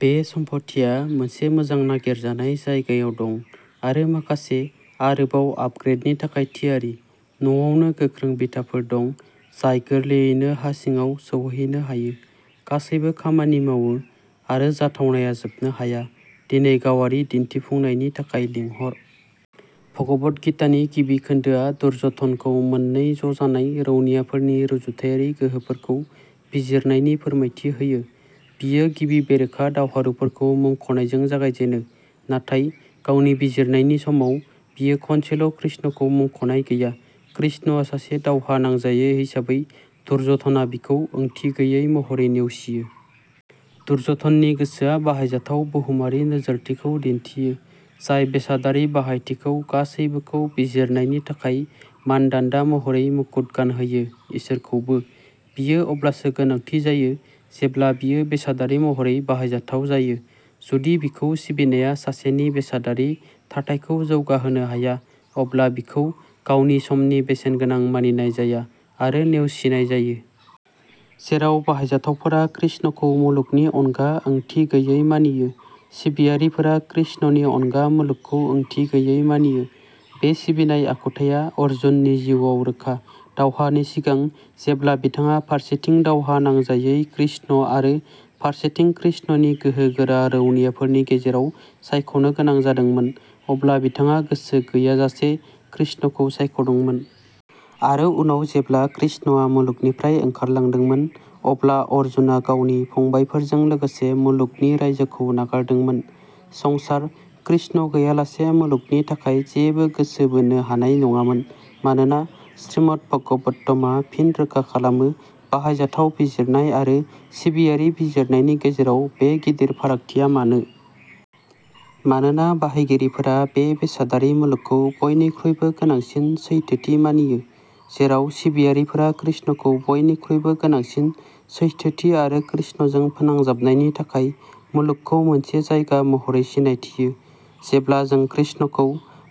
बे सम्फथिया मोनसे मोजां नागिरजानाय जायगायाव दं आरो माखासे आरोबाव आपग्रेडनि थाखाय थियारि। न'आवनो गोख्रों बिथाफोर दं, जाय गोरलैयैनो हा सिङाव सौहैनो हायो। गासैबो खामानि मावो आरो जाथावनाया जोबनो हाया। दिनै गावारि दिन्थिफुंनायनि थाखाय लिंहर। भगबद्गीतानि गिबि खोन्दोआ दुर्योधनखौ मोन्नै ज'जानाय रौनियाफोरनि रुजुथायारि गोहोफोरखौ बिजिरनायनि फोरमायथि होयो। बियो गिबि बेरेखा दावहारुफोरखौ मुंख'नायजों जागायजेनो, नाथाय गावनि बिजिरनायनि समाव, बियो खनसेल'कृष्णखौ मुंख'नाय गैया। कृष्णआ सासे दावहा नांजायै हिसाबै, दुर्य'धनआ बिखौ ओंथि गैयै महरै नेवसियो। दुर्य'धननि गोसोआ बाहायजाथाव बुहुमारि नोजोरथिखौ दिन्थियो, जाय बेसादारि बाहायथिखौ गासैबोखौ बिजिरनायनि थाखाय मानदान्दा महरै मुकुट गानहोयो-इसोरखौबो। बियो अब्लासो गोनांथि जायो जेब्ला बियो बेसादारि महरै बाहायजाथाव जायो। जुदि बिखौ सिबिनाया सासेनि बेसादारि थाथायखौ जौगाहोनो हाया, अब्ला बिखौ गावनि समनि बेसेनगोनां मानिनाय जाया आरो नेवसिनाय जायो। जेराव बाहायजाथावफोरा कृष्णखौ मुलुगनि अनगा ओंथि गैयै मानियो, सिबियारिफोरा कृष्णनि अनगा मुलुगखौ ओंथि गैयै मानियो। बे सिबिनाय आखुथाया अर्जुननि जिउआव रोखा। दावहानि सिगां, जेब्ला बिथाङा फारसेथिं दावहा नांजायै कृष्ण आरो फारसेथिं कृष्णनि गोहो गोरा रौनियाफोरनि गेजेराव सायख'नो गोनां जादोंमोन, अब्ला बिथाङा गोसो गैयाजासे कृष्णखौ सायख'दोंमोन। आरो उनाव जेब्ला कृष्णआ मुलुगनिफ्राय ओंखारलांदोंमोन, अब्ला अर्जुनआ गावनि फंबायफोरजों लोगोसे मुलुगनि रायजोखौ नागारदोंमोन। संसार, कृष्ण गैयालासे मुलुगनि थाखाय जेबो गोसो बोनो हानाय नङामोन, मानोना श्रीमद्भागवतम आ फिन रोखा खालामो। बाहायजाथाव बिजिरनाय आरो सिबियारि बिजिरनायनि गेजेराव बे गिदिर फारागथिया मानो? मानोना बाहायगिरिफोरा बे बेसादारि मुलुगखौ बयनिख्रुइबो गोनांसिन सैथोथि मानियो, जेराव सिबियारिफोरा कृष्णखौ बयनिख्रुइबो गोनांसिन सैथोथि आरो कृष्णजों फोनांजाबनायनि थाखाय मुलुगखौ मोनसे जायगा महरै सिनायथियो। जेब्ला जों कृष्णखौ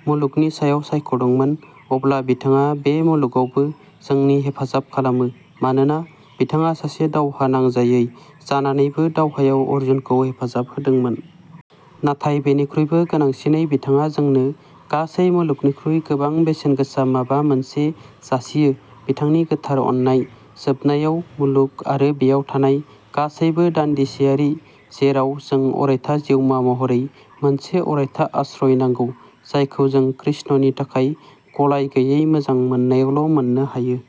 मुलुगनि सायाव सायख'दोंमोन, अब्ला बिथाङा बे मुलुगावबो जोंनि हेफाजाब खालामो, मानोना बिथाङा सासे दावहा नांजायै जानानैबो दावहायाव अर्जुनखौ हेफाजाब होदोंमोन। नाथाय बेनिख्रुइबो गोनांसिनै बिथाङा जोंनो गासै मुलुगनिख्रुइ गोबां बेसेनगोसा माबा मोनसे जासियो-बिथांनि गोथार अननाय। जोबनायाव, मुलुग आरो बेयाव थानाय गासैबो दानदिसेयारि, जेराव जों अरायथा जिउमा महरै मोनसे अरायथा आश्रय नांगौ, जायखौ जों कृष्णनि थाखाय गलायगैयै मोजां मोननायावल'मोननो हायो।